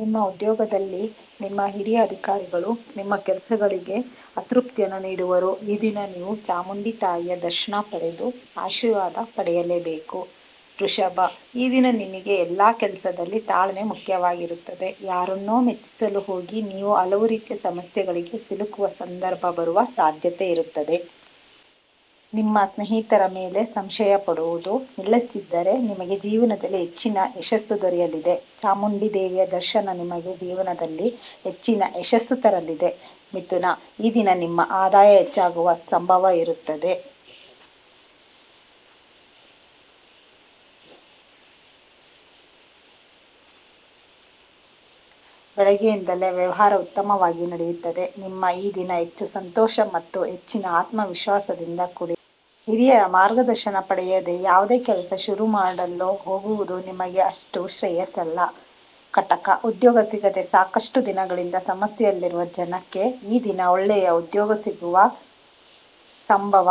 ನಿಮ್ಮ ಉದ್ಯೋಗದಲ್ಲಿ ನಿಮ್ಮ ಹಿರಿಯ ಅಧಿಕಾರಿಗಳು ನಿಮ್ಮ ಕೆಲಸಗಳಿಗೆ ಅತೃಪ್ತಿ ನೀಡುವರು. ಈ ದಿನ ನೀವು ಚಾಮುಂಡಿ ತಾಯಿಯ ದರ್ಶನ ಪಡೆದು ಆಶೀರ್ವಾದ ಪಡೆಯಲೇ ಬೇಕು. ವೃಷಭ- ಈ ದಿನ ನಿಮಗೆ ಎಲ್ಲ ಕೆಲಸದಲ್ಲಿ ತಾಳ್ಮೆ ಮುಖ್ಯ ವಾಗಿದೆ. ಯಾರನ್ನೋ ಮೆಚ್ಚಿಸಲು ಹೋಗಿ ನೀವು ಹಲವು ರೀತಿಯ ಸಮಸ್ಯೆಗಳಿಗೆ ಸಿಲುಕುವ ಸಂಧರ್ಭ ಬರುವ ಸಾಧ್ಯತೆ ಇರುತ್ತದೆ. ನಿಮ್ಮ ಸ್ನೇಹಿತರ ಮೇಲೆ ಸಂಶಯ ಪಡುವುದು ನಿಲ್ಲಸಿದರೆ ನಿಮಗೆ ಜೀವನದಲ್ಲಿ ಹೆಚ್ಚಿನ ಯಶಸ್ಸು ದೊರೆಯಲಿದೆ. ಚಾಮುಂಡಿ ದೇವಿಯ ದರ್ಶನ ನಿಮಗೆ ಜೀವನದಲ್ಲಿ ಹೆಚ್ಚಿನ ಯಶಸ್ಸು ತರಲಿದೆ. ಮಿಥುನ- ಈ ದಿನ ನಿಮ್ಮ ಆದಾಯ ಹೆಚ್ಚಾಗುವ ಸಂಭಾವ ಇರುತ್ತದೆ ಬೆಳ್ಳೆಗೆಯಿಂದಲೇ ವ್ಯವಹಾರ ಉತ್ತಮವಾಗಿ ನಡೆಯುತ್ತದೆ. ನಿಮ್ಮ ಈ ದಿನ ಹೆಚ್ಚು ಸಂತೋಷ ಮತ್ತು ಹೆಚ್ಚಿನ ಆತ್ಮವಿಶ್ವಾಸ ದಿಂದ ಕೂಡಿರುತ್ತದೆ. ಹಿರಿಯರ ಮಾರ್ಗದರ್ಶನ ಪಡೆಯದೇ ಯಾವುದೇ ಕೆಲಸ ಶುರು ಮಾಡಲು ಹೋಗುವುದು ನಿಮಗೆ ಅಷ್ಟು ಶ್ರೇಯಸ್ಸು ಅಲ್ಲ. ಕಟಕ: ಉದ್ಯೋಗ ಸಿಗದೇ ಸಾಕಷ್ಟು ದಿನಗಳಿಂದ ಸಮಸ್ಯೆ ಯಲ್ಲಿರುವ ಜನಕ್ಕೆ ಈ ದಿನ ಒಳ್ಳೆಯ ಉದ್ಯೋಗ ಸಿಗುವ ಸಂಭವ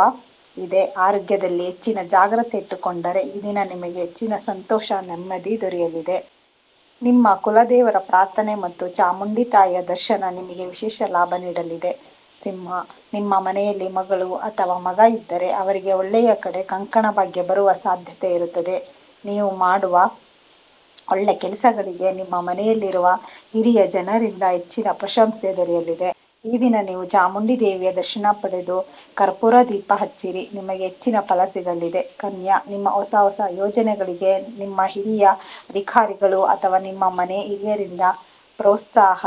ಇದೆ. ಆರೋಗ್ಯದಲ್ಲಿ ಹೆಚ್ಚಿನ ಜಾಗ್ರತೆ ಇಟ್ಟುಕೊಂಡರೆ ಈ ದಿನ ನಿಮಗೆ ಹೆಚ್ಚಿನ ಸಂತೋಷ ನೆಮ್ಮದಿ ದೊರೆಯಲಿದೆ. ನಿಮ್ಮ ಕುಲ ದೇವರ ಪ್ರಾರ್ಥನೆ ಮತ್ತು ಚಾಮುಂಡಿ ತಾಯಿಯ ದರ್ಶನ ನಿಮಗೆ ವಿಶೇಷ ಲಾಭ ನೀಡಲಿದೆ. ಸಿಂಹ- ನಿಮ್ಮ ಮನೆಯಲ್ಲಿ ಮಗಳು ಅಥವಾ ಮಗ ಇದ್ದಾರೆ ಅವರಿಗೆ ಒಳ್ಳೆಯ ಕಡೆ ಕಂಕಣ ಭಾಗ್ಯ ಬರುವ ಸಾಧ್ಯತೆ ಇರುತ್ತದೆ. ನೀವು ಮಾಡುವ ಒಳ್ಳೆ ಕೆಲಸಗಳಿಗೆ ನಿಮ್ಮ ಮನೆಯಲ್ಲಿರುವ ಹಿರಿಯ ಜನರಿಂದ ಹೆಚ್ಚಿನ ಪ್ರಶಂಶೆ ದೊರೆಯಲಿದೆ. ಈ ದಿನ ನೀವು ಚಾಮುಂಡಿ ದೇವಿಯ ದರ್ಶನ ಪಡೆದು ಕರ್ಪೂರ ದೀಪ ಹಚ್ಚಿರಿ ನಿಮಗೆ ಹೆಚ್ಚಿನ ಫಲ ಸಿಗಲಿದೆ. ಕನ್ಯಾ- ನಿಮ್ಮ ಹೊಸ ಹೊಸ ಯೋಜನೆಗಳಿಗೆ ನಿಮ್ಮ ಹಿರಿಯ ಅಧಿಕಾರಿಗಳು ಅಥವಾ ನಿಮ್ಮ ಮನೆ ಹಿರಿಯರಿಂದ ಪ್ರೋತ್ಸಾಹ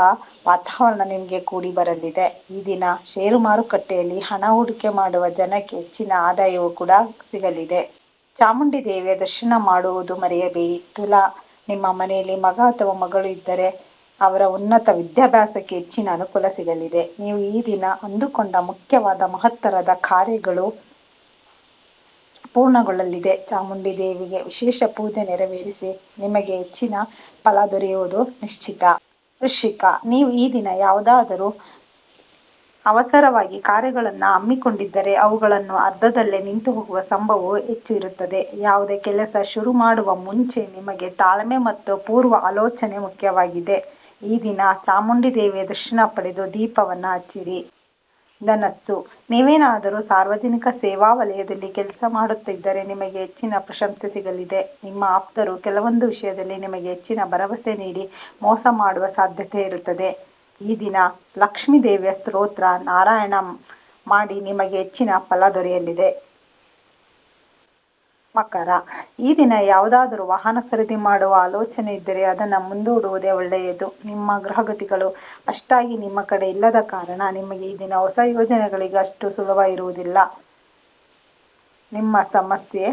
ವಾತಾವರಣ ನಿಮಗೆ ಕೂಡಿ ಬರಲಿದೆ. ಈ ದಿನ ಷೇರು ಮಾರುಕಟ್ಟೆಯಲ್ಲಿ ಹಣ ಹೂಡಿಕೆ ಮಾಡುವ ಜನಕ್ಕೆ ಹೆಚ್ಚಿನ ಆದಾಯ ಸಿಗಲಿದೆ. ಚಾಮುಂಡಿ ದೇವಿಯ ದರ್ಶನ ಮಾಡುವುದು ಮರೆಯಬೇಡಿ. ತುಲಾ- ನಿಮ್ಮ ಮನೆಯಲ್ಲಿ ಮಗ ಅಥವಾ ಮಗಳು ಇದ್ದಾರೆ ಅವ್ರ ಉನ್ನತ ವಿದ್ಯಾಭ್ಯಾಸಕ್ಕೆ ಹೆಚ್ಚಿನ ಅನುಕೂಲ ಸಿಗಲಿದೆ. ನೀವು ಈ ದಿನ ಅಂದು ಕೊಂಡ ಮುಖ್ಯವಾದ ಮಹತ್ತರ ಕಾರ್ಯಗಳು ಪೂರ್ಣವಾಗಲಿದೆ. ಚಾಮುಂಡಿ ದೇವಿಗೆ ವಿಶೇಷ ಪೂಜೆ ನೆರವೇರಿಸಿ ನಿಮಗೆ ಹೆಚ್ಚಿನ ಫಲ ದೊರೆವುದು ನಿಶ್ಚಿತ. ವೃಶ್ಚಿಕ- ನೀವು ಈ ದಿನ ಯಾವುದಾದರೂ ಅವಸರವಾಗಿ ಕಾರ್ಯಗಳು ಹಮ್ಮಿಕೊಂಡರೆ ಅವುಗಳು ಅರ್ಧದಲ್ಲೇ ನಿಂತು ಹೋಗುವ ಸಂಭಾವ ಹೆಚ್ಚು ಇರುತ್ತದೆ. ಯಾವುದೇ ಕೆಲಸ ಶುರು ಮಾಡುವ ಮುಂಚೆ ನಿಮಗೆ ತಾಳ್ಮೆ ಮತ್ತು ಪೂರ್ವ ಆಲೋಚನೆ ಮುಖ್ಯವಾಗಿದೆ ಈ ದಿನ ಚಾಮುಂಡಿ ದೇವಿ ದರ್ಶನ ಪಡೆದು ದೀಪ ಹಚ್ಚಿರಿ. ಧನಸ್ಸು- ನೀವೇನಾದರೂ ಸಾರ್ವಜನಿಕ ಸೇವಾ ವಲಯದಲ್ಲಿ ಕೆಲಸ ಮಾಡುತ್ತಾ ಇದ್ದಾರೆ ನಿಮಗೆ ಹೆಚ್ಚಿನ ಪ್ರಶಂಶೆ ಸಿಗಲಿದೆ. ನಿಮ್ಮ ಆಪ್ತರು ಕೆಲವೊಂದು ವಿಷ್ಯದಲ್ಲಿ ನಿಮಗೆ ಹೆಚ್ಚಿನ ಭರವಸೆ ನೀಡಿ ಮೋಸ ಮಾಡುವ ಸಾಧ್ಯತೆ ಇರುತ್ತದೆ. ಈ ದಿನ ಲಕ್ಷ್ಮಿ ದೇವಿಯ ಸ್ತೋತ್ರ ಪಾರಾಯಣ ಮಾಡಿ ನಿಮಗೆ ಹೆಚ್ಚಿನ ಫಲ ದೊರೆಯಲಿದೆ. ಮಕರ: ಈ ದಿನ ಯಾವುದಾದರೂ ವಾಹನ ಖರೀದಿ ಮಾಡುವ ಆಲೋಚನೆ ಇದ್ದಾರೆ ಅದನ್ನು ಮುಂದೂಡುವುದೇ ಒಳ್ಳೆಯದು ನಿಮ್ಮ ಗ್ರಹ ಗತಿಗಳು ಅಷ್ಟಾಗಿ ನಿಮ್ಮ ಕಡೆ ಇಲ್ಲದ ಕಾರಣ ನಿಮಗೆ ಈ ದಿನ ಹೊಸ ಯೋಜನೆಗಳಿಗೆ ಅಷ್ಟು ಶುಭ ಇರುವುದಿಲ್ಲ ನಿಮ್ಮ ಸಮಸ್ಯೆ